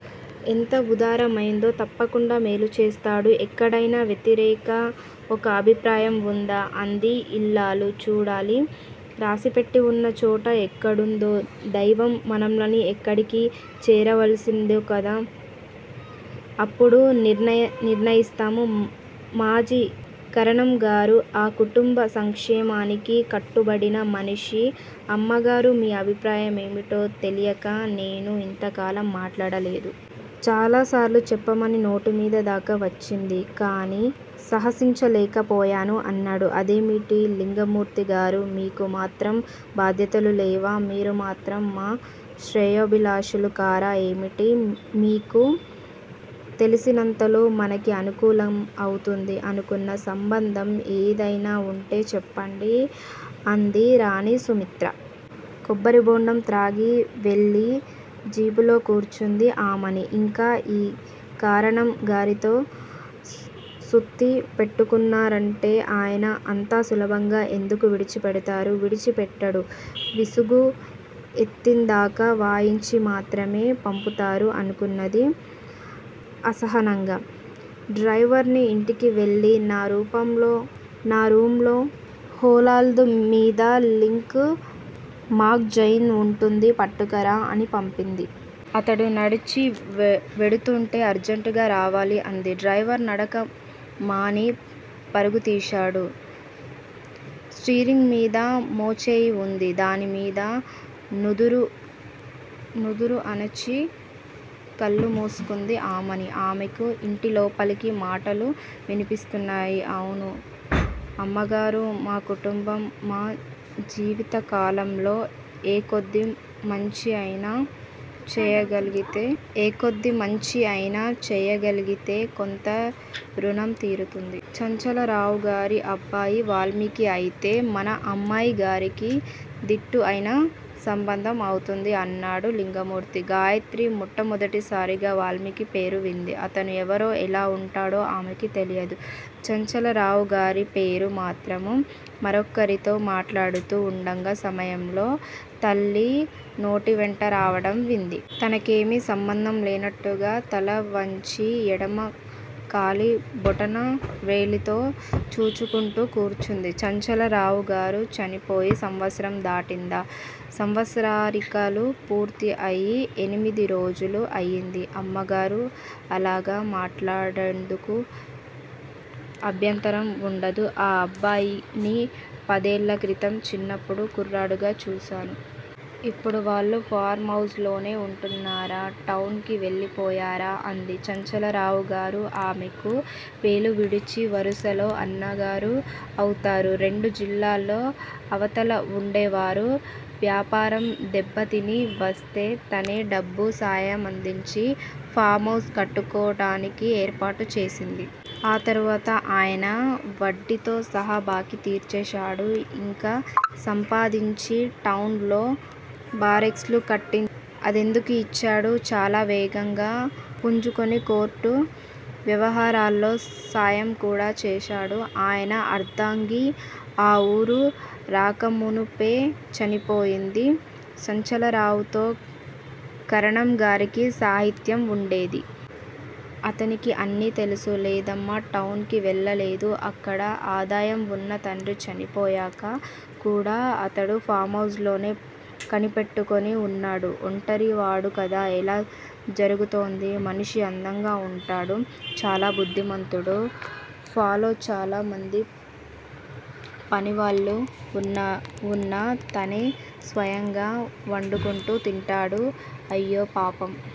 ఎంత వుదారమయిందో! తప్పకుండా మేలు చేస్తాడు! ఎక్కడయినా వెతికారా? ఒక అభిప్రాయం వుందా? అంది యిల్లాలు. చూడాలి! రాసిపెట్టివున్న చోటు ఎక్కడుందో! దైవం మనల్ని అక్కడికి చేరనివ్వాలి కదా! అప్పుడు నిర్ణయిస్తాం! మాజీ కరణంగారు ఆ కుటుంబ సంక్షేమానికి కట్టుపడిన మనిషి. అమ్మగారూ! మీ అభిప్రాయం ఏమిటో తెలియక నేను ఇంతకాలం మాటాడలేదు. చాలాసార్లు చెప్తామని నోటిమీద దాకా వచ్చింది. కాని సాహసించలేకపోయాను అన్నాడు. అదేమిటి లింగమూర్తిగారూ! మీకు మాత్రం బాధ్యతలు లేవా? మీరు మాత్రం మా శ్రేయోభిలాషులు కారా ఏమిటి? మీకు తెలిసినంతలో మనకి అనుకూలం అవుతుంది. అనుకున్న సంబంధం ఏదయినా వుంటే చెప్పండి! అంది రాణి సుమిత్ర. కొబ్బరిబొండం త్రాగి వెళ్ళి జీపులో కూర్చుంది ఆమని! ఇంక ఈ కరణం గారితో సుత్తి పెట్టుకున్నారంటే ఆయన అంత సులభంగా ఎందుకు విడిచిపెడతాడు? విడిచిపెట్టడు! విసుగు ఎత్తిందాకా వాయించి మాత్రమే పంపుతాడు అనుకుంది అసహనంగా. డ్రైవర్ని ఇంటికి వెళ్ళి నా రూంలో హోలాల్ద్ మీద లింక్ మాగ్జయిన్ వుంటుంది పట్టుకురా అని పంపించింది. అతడు నడచి వెడుతుంటే అర్జంటుగా రావాలి అంది. డ్రైవర్ నడక మాని పరుగుతీశాడు. స్టీరింగ్ మీద మోచేయి వుంచి దానిమీద నుదురు ఆనించి కళ్ళు మూసుకుంది ఆమని! ఆమెకు ఇంటి లోపలి మాటలు విన్పిస్తున్నాయి. అవును అమ్మగారూ! మా కుటుంబం మా జీవితకాలాల్లో ఏ కొద్ది మంచి అయినా చేయగలిగితే కొంత రుణం తీరుతుంది. చంచలరావుగారి అబ్బాయి వాల్మీకి అయితే మన అమ్మాయిగారికి దీటు అయిన సంబంధం అవుతుంది అన్నాడు లింగమూర్తి. గాయత్రి మొదటిసారిగా వాల్మీకి పేరు వింది. అతను ఎవరో ఎలా వుంటాడో ఆమెకు తెలియదు. చంచలరావుగారి పేరు మాత్రం మరొకరితో మాటాడుతూ వుండిన సమయంలో తల్లి నోటివెంట రావటం వింది. తనకేమీ సంబంధం లేనట్టుగా తల వంచి ఎడమ కాలి బొటన వ్రేలివంక చూచుకుంటూ కూర్చుంది. చంచలరావుగారు చనిపోయి సంవత్సరం దాటిందా? సంవత్సరీకాలు పూర్తి అయి ఎనిమిది రోజులు అయింది అమ్మగారూ! అలాగా! మాటాడేందుకు అభ్యంతరం వుండదు. ఆ అబ్బాయిని పదేళ్ళ క్రితం చిన్న కుర్రాడుగా చూచాను. ఇప్పుడు వాళ్ళు ఫారం హౌస్ లోనే వుంటున్నారా? టౌన్ కి వెళ్ళిపోయారా? అంది. చంచలరావుగారు ఆమెకు వేలు విడిచిన వరుసలో అన్నగారు అవుతారు. రెండు జిల్లాల అవతల వుండేవారు. వ్యాపారంలో దెబ్బతిని వస్తే తానే డబ్బు సాయం అందించి ఫాం హౌస్ కట్టుకోవటానికి ఏర్పాటు చేసింది. ఆ తరువాత ఆయన వడ్డీతో సహా బాకీ తీర్చేశాడు. ఇంకా సంపాదించి టౌన్ లో బారెక్స్ లు కట్టించి అద్దెకు ఇచ్చాడు. చాలా వేగంగా పుంజుకుని కోర్టు వ్యవహారాలలో సాయం కూడా చేశాడు! ఆయన అర్ధాంగి ఆ ఊరు రాకమునుపే చనిపోయింది. చంచలరావుతో కరణంగారికి సాన్నిహిత్యం వుండేది. అతనికి అన్నీ తెలుసు. లేదమ్మా! టౌన్ కి వెళ్ళలేదు. అక్కడ ఆదాయం వున్నా తండ్రి చనిపోయాక కూడ అతడు ఫాం హౌస్ నే కనిపెట్టుకుని వున్నాడు ఒంటరివాడు కదా! ఎలా జరుగుతోంది? మనిషి అందంగా వుంటాడు. చాలా బుద్ధిమంతుడు! ఫాంలో చాలామంది పనివాళ్ళు వున్నా తనే స్వయంగా వండుకు తింటాడు అయ్యో పాపం!